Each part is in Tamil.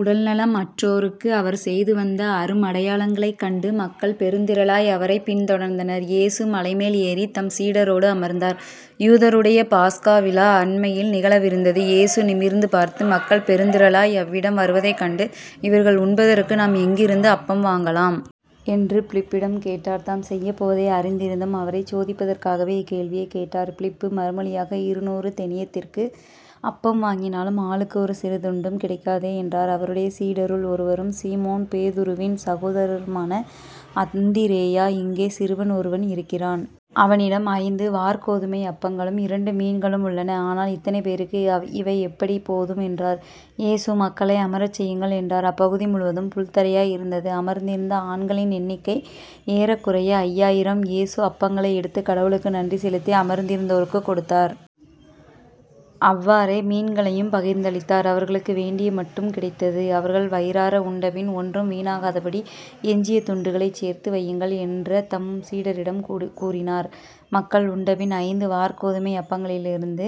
உடல் நலம் அற்றோருக்கு அவர் செய்துவந்த அரும் அடையாளங்களைக் கண்டு மக்கள் பெருந்திரளாய் அவரைப் பின் தொடர்ந்தனர். இயேசு மலைமேல் ஏறித் தம் சீடரோடு அமர்ந்தார். யூதருடைய பாஸகா விழா அண்மையில் நிகழவிருந்தது. இயேசு நிமிர்ந்து பார்த்து மக்கள் பெருந்திரளாய் அவ்விடம் வருவதைக் கண்டு இவர்கள் உண்பதற்கு நாம் எங்கிருந்து அப்பம் வாங்கலாம்? என்று பிலிப்பிடம் கேட்டார். தாம் செய்யப்போவதை அறிந்திருந்தும் அவரைச் சோதிப்பதற்காகவே இக்கேள்வியைக் கேட்டார். பிலிப்பு மறுமொழியாக இருநூறு தெனியத்திற்கு அப்பம் வாங்கினாலும் ஆளுக்கு ஒரு சிறு துண்டும் கிடைக்காதே என்றார். அவருடைய சீடருள் ஒருவரும் சீமோன் பேதுருவின் சகோதரருமான அந்திரேயா இங்கே சிறுவன் ஒருவன் இருக்கிறான். அவனிடம் ஐந்து வாற்கோதுமை அப்பங்களும் இரண்டு மீன்களும் உள்ளன. ஆனால் இத்தனை பேருக்கு இவை எப்படிப் போதும்? என்றார். இயேசு மக்களை அமரச் செய்யுங்கள் என்றார். அப்பகுதி முழுவதும் புல்தரையாய் இருந்தது. அமர்ந்திருந்த ஆண்களின் எண்ணிக்கை ஏறக்குறைய ஐயாயிரம். இயேசு அப்பங்களை எடுத்துக் கடவுளுக்கு நன்றி செலுத்தி அமர்ந்திருந்தோருக்குக் கொடுத்தார். அவ்வாறே மீன்களையும் பகிர்ந்தளித்தார். அவர்களுக்கு வேண்டிய மட்டும் கிடைத்தது. அவர்கள் வயிறார உண்டபின் ஒன்றும் வீணாகாதபடி எஞ்சிய துண்டுகளைச் சேர்த்து வையுங்கள் என்ற தம் சீடரிடம் கூறினார். மக்கள் உண்டபின் ஐந்து வாற்கோதுமை அப்பங்களிலிருந்து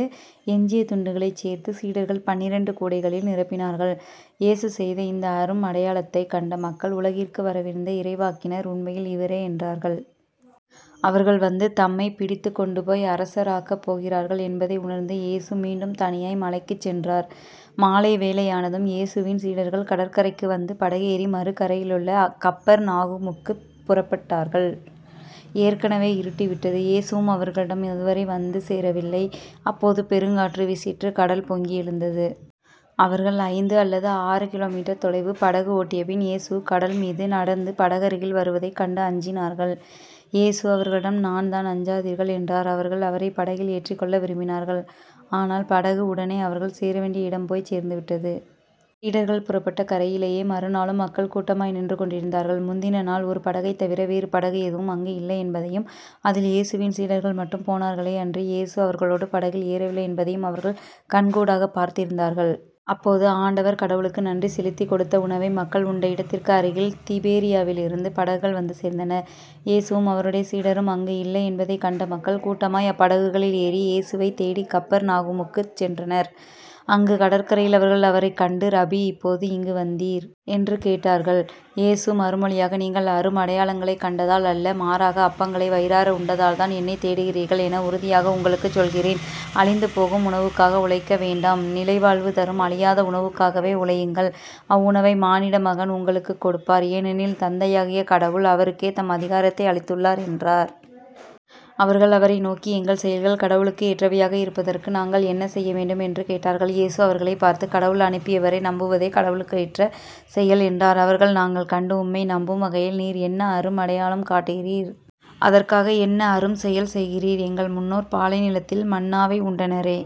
எஞ்சிய துண்டுகளைச் சேர்த்துச் சீடர்கள் பன்னிரண்டு கூடைகளில் நிரப்பினார்கள். இயேசு செய்த இந்த அரும் அடையாளத்தைக் கண்ட மக்கள் உலகிற்கு வரவிருந்த இறைவாக்கினர் உண்மையில் இவரே என்றார்கள். அவர்கள் வந்து தம்மைப் பிடித்துக் கொண்டுபோய் அரசராக்கப் போகிறார்கள் என்பதை உணர்ந்து இயேசு மீண்டும் தனியாய் மலைக்குச் சென்றார். மாலை வேளையானதும் இயேசுவின் சீடர்கள் கடற்கரைக்கு வந்து படகேறி மறுகரையிலுள்ள கப்பர்நாகுமுக்குப் புறப்பட்டார்கள் ஏற்கெனவே இருட்டிவிட்டது. இயேசுவும் அவர்களிடம் அதுவரை வந்து சேரவில்லை. அப்போது பெருங்காற்று வீசிற்று கடல் பொங்கி எழுந்தது. அவர்கள் ஐந்து அல்லது ஆறு கிலோ மீட்டர் தொலைவு படகு ஓட்டியபின் இயேசு கடல்மீது நடந்து படகருகில் வருவதைக் கண்டு அஞ்சினார்கள். இயேசு அவர்களிடம் நான்தான் அஞ்சாதீர்கள் என்றார். அவர்கள் அவரைப் படகில் ஏற்றிக் கொள்ள விரும்பினார்கள். ஆனால் படகு உடனே அவர்கள் சேரவேண்டிய இடம் போய்ச் சேர்ந்துவிட்டது. சீடர்கள் புறப்பட்ட கரையிலேயே மறுநாளும் மக்கள் கூட்டமாய் நின்று கொண்டிருந்தார்கள். முந்தின நாள் ஒரு படகைத் தவிர வேறு படகு எதுவும் அங்கு இல்லை என்பதையும் அதில் இயேசுவின் சீடர்கள் மட்டும் போனார்களே அன்றி இயேசு அவர்களோடு படகில் ஏறவில்லை என்பதையும் அவர்கள் கண்கூடாகப் பார்த்திருந்தார்கள். அப்போது ஆண்டவர் கடவுளுக்கு நன்றி செலுத்திக் கொடுத்த உணவை மக்கள் உண்ட இடத்திற்கு அருகில் திபேரியாவிலிருந்து படகுகள் வந்து சேர்ந்தன. இயேசுவும் அவருடைய சீடரும் அங்கு இல்லை என்பதைக் கண்ட மக்கள் கூட்டமாய் அப்படகுகளில் ஏறி இயேசுவைத் தேடிக் கப்பர்நாகுமுக்குச் சென்றனர். அங்கு கடற்கரையில் அவர்கள் அவரைக் கண்டு ரபி எப்போது இங்கு வந்தீர்? என்று கேட்டார்கள். இயேசு மறுமொழியாக நீங்கள் அரும் அடையாளங்களைக் கண்டதால் அல்ல மாறாக அப்பங்களை வயிறார உண்டதால்தான் என்னைத் தேடுகிறீர்கள் என உறுதியாக உங்களுக்குச் சொல்கிறேன். அழிந்துபோகும் உணவுக்காக உழைக்க வேண்டாம். நிலைவாழ்வு தரும் அழியாத உணவுக்காகவே உழையுங்கள். அவ்வுணவை மானிடமகன் உங்களுக்குக் கொடுப்பார். ஏனெனில் தந்தையாகிய கடவுள் அவருக்கே தம் அதிகாரத்தை அளித்துள்ளார் என்றார். அவர்கள் அவரை நோக்கி எங்கள் செயல்கள் கடவுளுக்கு ஏற்றவையாக இருப்பதற்கு நாங்கள் என்ன செய்ய வேண்டும்? என்று கேட்டார்கள். இயேசு அவர்களைப் பார்த்து கடவுள் அனுப்பியவரை நம்பவதே கடவுளுக்கேற்ற செயல் என்றார். அவர்கள் நாங்கள் கண்டு உம்மை நம்பும் வகையில் நீர் என்ன அரும் அடையாளம் காட்டுகிறீர்? அதற்காக என்ன அரும் செயல் செய்கிறீர்? எங்கள் முன்னோர் பாலை நிலத்தில் மன்னாவை உண்டனரே.